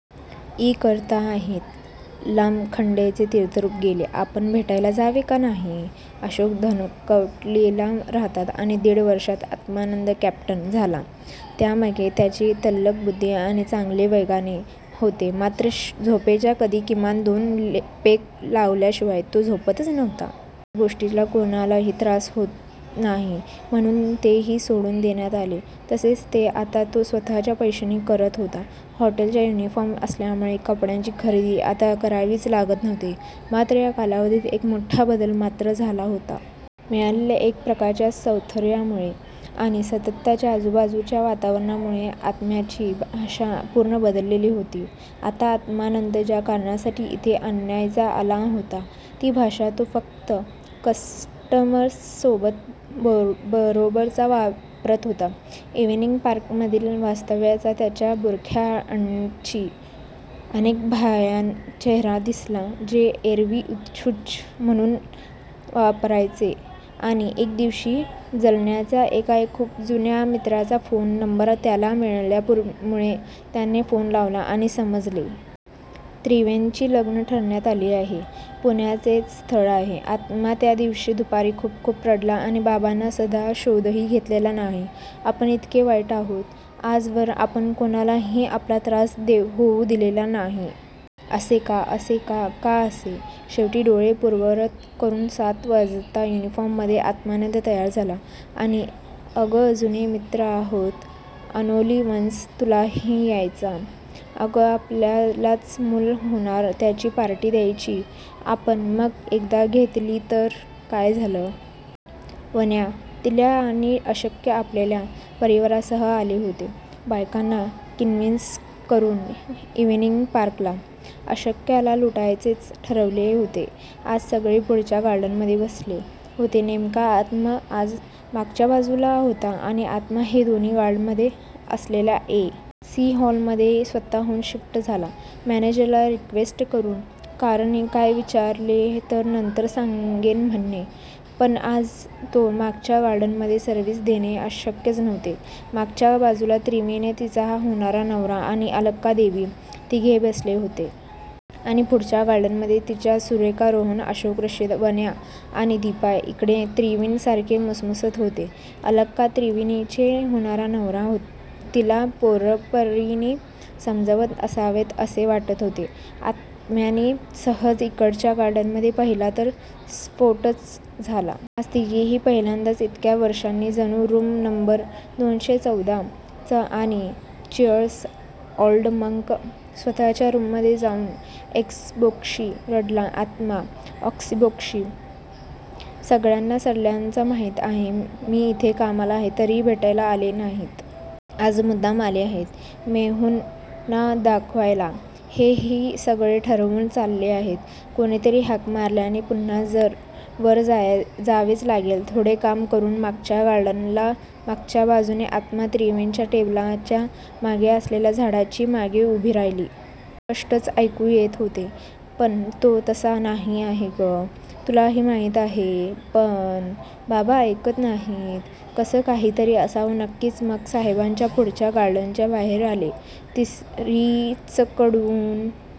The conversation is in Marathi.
ई करत आहेत, लामखडेंचे तीर्थरूप गेले, आपण भेटायला जावे की नाही? अशोक धनकवडीला राहतात. आणि दिड वर्षात आत्मानंद कॅप्टन झाला! त्यामागे त्याची तल्लख बुद्धी आणि चांगले वागणे होते. मात्र झोपायच्या आधी किमान दोन पेग लावल्याशिवाय तो झोपायचा नाही. या गोष्टीचा कुणालाही त्रास होत नाही म्हणून तेही सोडून देण्यात आले. तसेच, ते आता तो स्वतःच्या पैशाने करत होता. हॉटेलचाच युनिफॉर्म असल्यामुळे कपड्यांची खरेदी आता करावीच लागत नव्हती. मात्र. या कालावधीत एक मोठा बदल मात्र झाला होता. मिळालेल्या एक प्रकारच्या स्थैर्यामुळे आणि सततच्या आजूबाजूच्या वातावरणामुळे आत्म्याची भाषा पूर्ण बदललेली होती. आता आत्मानंद ज्या कारणासाठी इथे आणण्यात आला होता ती भाषा तो फक्त कस्टमर्सबरोबरच वापरत होता. इव्हिनिंग पार्कमधील वास्तव्यात त्याला बुरख्यांआडचे अनेक भयाण चेहरे दिसले जे एरवी उच्चभ्रू म्हणून वावरायचे आणि एक दिवस जालन्याच्या एका खूप जुन्या मित्राचा फोन नंबर त्याला मिळाल्यामुळे त्याने फोन लावला आणि समजले. त्रिवेणीचे लग्न ठरण्यात आलेले आहे. पुण्याचेच स्थळ आहे.. आत्मा त्या दिवशी दुपारी खूप खूप रडला आपला बाबांनी साधा शोधही घेतलेला नाही. आपण इतके वाइट आहोत? आजवर आपण कुणालाही आपला त्रास होऊ दिलेला नाही. असे का? असे का? का असे? शेवटी डोळे पुर्ववत करून सात वाजता युनिफॉर्ममध्ये आत्मानंद तयार झाला. आणि "अगं जुने मित्रं आहेत. ओनली वन्स तुलाही यायचंय " "अगं आपल्यालाच मूल होणार त्याची पार्टी द्यायचीय आपण मग एकदा घेतली तर काय झालं? " वन्या, दिल्या आणि अश्क्या आपापल्या परिवारासह आले होते. बायकांना कन्व्हिन्स करून इव्हिनिंग पार्कला! अश्क्याला लुटायचेच ठरवले होते आज सगळे पुढच्या गार्डनमध्ये बसले होते. नेमका आत्मा आज मागच्या बाजूला होता. आणि आत्मा दोन्ही गार्डनच्यामध्ये असलेल्या ए. सी. हॉलमध्ये स्वतःहून शिफ्ट झाला. मॅनेजरला रिक्वेस्ट करून! कारण काय विचारले तर 'नंतर सांगेन' म्हणे! पण आज तो मागच्या गार्डनमध्ये सर्व्हिस देणे शक्यच नव्हते. मागच्या बाजूला त्रिवेणी तिचा होणारा नवरा आणि अलका देव तिघे बसले होते. आणि पुढच्या गार्डनमध्ये दिल्या, सुरेखा, रोहन, अशोक, रशिदा, वन्या आणि दीपा इकडे त्रिवेणी सारखी मुसमुसत होती. अलका आणि त्रिवेणीचा होणारा नवरा तिला परोपरीने समजावत असावेत असे वाटत होते. आत्म्याने सहज इकडच्या गार्डनमध्ये पाहिले तर स्फोटच झाला. आज तिघेही पहिल्यांदाच इतक्या वर्षांनी.. जणू रूम नंबर दोनशे चौदा च आणि चीअर्स ओल्ड मंक स्वतःच्या रूममध्ये जाऊन ओक्साबोक्शी रडला आत्मा! ओक्साबोक्शी! सगळ्यांना साल्यांना माहीत आहे. मी इथे कामाला आहे.. तरीही भेटायला आले नाहीत.. आज मुद्दाम आले आहेत. मेहुणा दाखवायला हे-हे सगळे ठरवून चाललेले आहे. कुणीतरी हाक मारल्याने पुन्हा वर जावेच लागले थोडे काम करून मागच्या गार्डनच्या मागच्या बाजूने आत्मा त्रिवेणीच्या टेबलच्या मागे असलेल्या झाडीच्या मागे उभा राहिला.. अस्पष्टच ऐकू येत होते.. पण.. 'तो तसा नाही आहे गं.. तुलाही माहीत आहे.. पण.. बाबा ऐकत नाहीत. ' असं काहीतरी असावं नक्कीच मग साहेब पुढच्या गार्डनच्या बाहेर आले. तिसरीचकडून.--